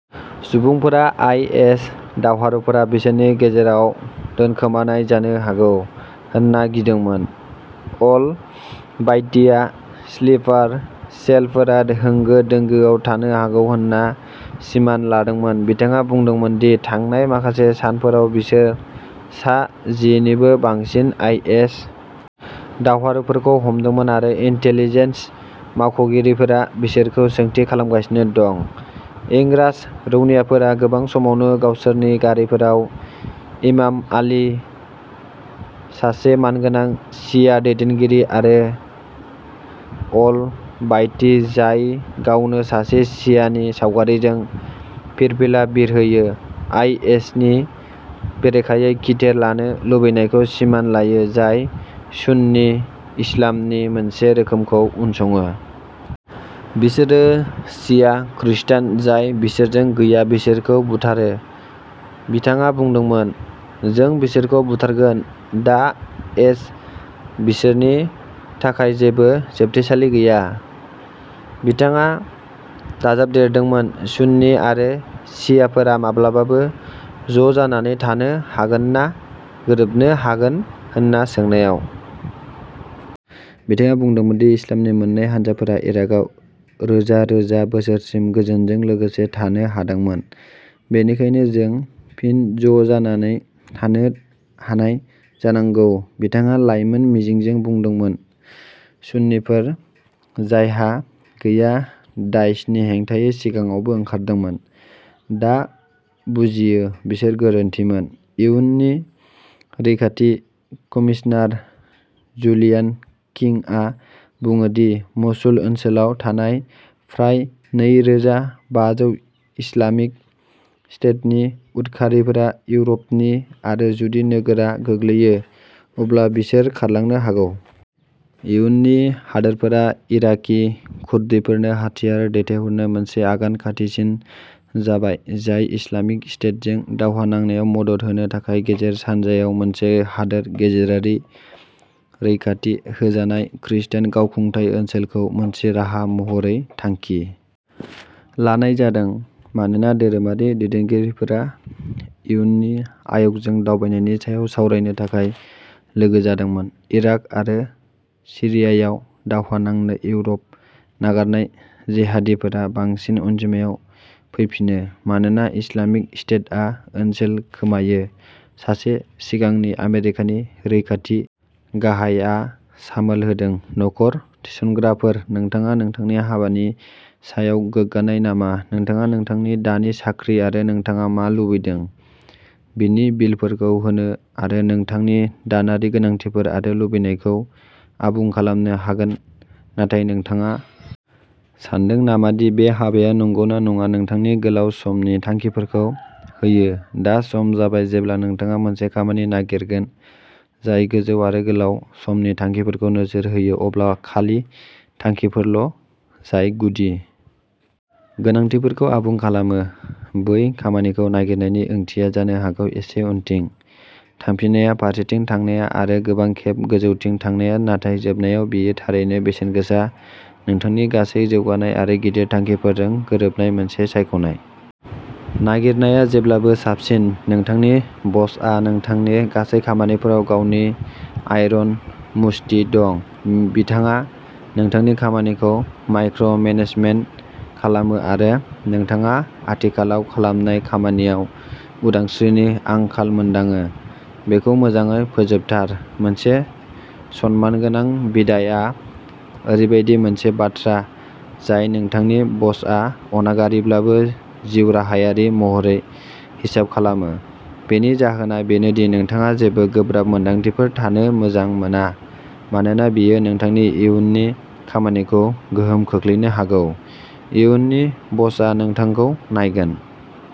सुबुंफोरा आइएस दावहारुफोरा बिसोरनि गेजेराव दोनखोमानाय जानो हागौ होन्ना गिदोंमोन अल-बायतिआ स्लिपार सेल फोरा होंगो दोंगोआव थानो हागौ होन्ना सिमान लादोंमोन बिथाङा बुंदोंमोन दि थांनाय माखासे सानफोराव बिसोर सा जि निबो बांसिन आइएस दावहारुफोरखौ हमदोंमोन आरो इन्टेलिजेन्स मावख'गिरिफोरा बिसोरखौ सोंथि खालामगासिनो दं इंरास रौनियाफोरा गोबां समावनो गावसोरनि गारिफोराव इमाम आलि सासे मानगोनां शिया दैदेनगिरि आरो अल बायती जाय गावनो सासे शिया नि सावगारिजों फिरफिला बिरहोयो आइएसनि बेरेखायै खिथेर लानो लुबैनायखौ सिमान लायो जाय सुन्नी इस्लामनि मोनसे रोखोमखौ उनसङो। बिसोरो शिया खृस्टान जाय बिसोरजों गैया बिसोरखौ बुथारो बिथाङा बुंदोंमोन जों बिसोरखौ बुथारगोन दाएस बिसोरनि थाखाय जेबो जोबथेसालि गैया बिथाङा दाजाबदेरदोंमोन सुन्नी आरो शियाफोरा माब्लाबाबो ज'जानानै थानो हागोन ना गोरोबनो हागोन होन्ना सोंनायाव बिथाङा बुंदोंमोन दि इस्लामनि मोन्नै हानजाफोरा इराकाव रोजा रोजा बोसोरसिम गोजोनजों लोगोसे थानो हादोंमोन बेनिखायनो जों फिन ज'जानानै थानो हानाय जानांगौ बिथाङा लाइमोन मिजिंजों बुंदोंमोन सुन्नीफोर जायहा गैया दाइशनि हेंथायै सिगाङावबो ओंखारदोंमोन दा बुजियो बिसोर गोरोन्थिमोन इयुनि रैखाथि कमिसनार जुलियान किंआ बुङो दि मसुल ओनसोलाव थानाय फ्राय नै रोजा बाजौ इस्लामिक स्टेटनि उदखारिफोरा इउर'पनि आरो जुदि नोगोरआ गोग्लैयो अब्ला बिसोर खारलांनो हागौ। इयुनि हादोरफोरा इराकी कुर्दिफोरनो हाथियार दैथायहरनो मोनसे आगान खाथिसिन जाबाय जाय इस्लामिक स्टेटजों दावहा नांनायाव मदद होनो थाखाय गेजेर सानजायाव मोनसे हादोर गेजेरारि रैखाथि होजानाय खृस्टान गावखुंथाय ओनसोल खौ मोनसे राहा महरै थांखि लानाय जादों मानोना धोरोमारि दैदेनगिरिफोरा इयुनि आय'गजों दावबायनायनि सायाव सावरायनो थाखाय लोगो जादोंमोन इराक आरो सिरियायाव दावहा नांनो इउर'प नागारनाय जेहादीफोरा बांसिन अनजिमायाव फैफिनो मानोना इस्लामिक स्टेटआ ओनसोल खोमायो सासे सिगांनि आमेरिकानि रैखाथि गाहायआ सामोल होदों नखर थिसनग्राफोर नोंथाङा नोंथांनि हाबानि सायाव गोग्गानाय नामा नोंथाङा नोंथांनि दानि साख्रि आरो नोंथाङा मा लुबैदों बिनि बिलफोरखौ होनो आरो नोंथांनि दानारि गोनांथिफोर आरो लुबैनायखौ आबुं खालामनो हागोन नाथाय नोंथाङा सानदों नामा दि बे हाबाया नंगौना नङा नोंथांनि गोलाव समनि थांखिफोरखौ होयो दा सम जाबाय जेब्ला नोंथाङा मोनसे खामानि नागिरगोन जाय गोजौ आरो गोलाव समनि थांखिफोरखौ नोजोर होयो अब्ला खालि थांखिफोरल' जाय गुदि गोनांथिफोरखौ आबुं खालामो बै खामानिखौ नागिरनायनि ओंथिया जानो हागौ एसे उनथिं थांफिननाया फारसेथिं थांनाया आरो गोबां खेब गोजौथिं थांनाया नाथाय जोबनायाव बेयो थारैनो बेसेनगोनां नोंथांनि गासै जौगानाय आरो गिदिर थांखिफोरजों गोरोबनाय मोनसे सायख'नाय नागिरनाया जेब्लाबो साबसिन नोंथांनि बसआ नोंथांनि गासै खामानिफोराव गावनि आइर'न मुष्टि दं बिथाङा नोंथांनि खामानिखौ माइक्र'मेनेजमेन्ट खालामो आरो नोंथाङा आथिखालाव खालामनाय खामानियाव उदांस्रिनि आंखाल मोनदाङो बेखौ मोजाङै फोजोबथार मोनसे सनमानगोनां बिदाइआ ओरैबायदि मोनसे बाथ्रा जाय नोंथांनि बसआ अनागारिब्लाबो जिउराहायारि महरै हिसाब खालामो बेनि जाहोना बेनो दि नोंथाङा जेबो गोब्राब मोन्दांथिफोर थानो मोजां मोना मानोना बेयो नोंथांनि इयुननि खामानिखौ गोहोम खोख्लैनो हागौ इयुननि बसआ नोंथांखौ नायगोन।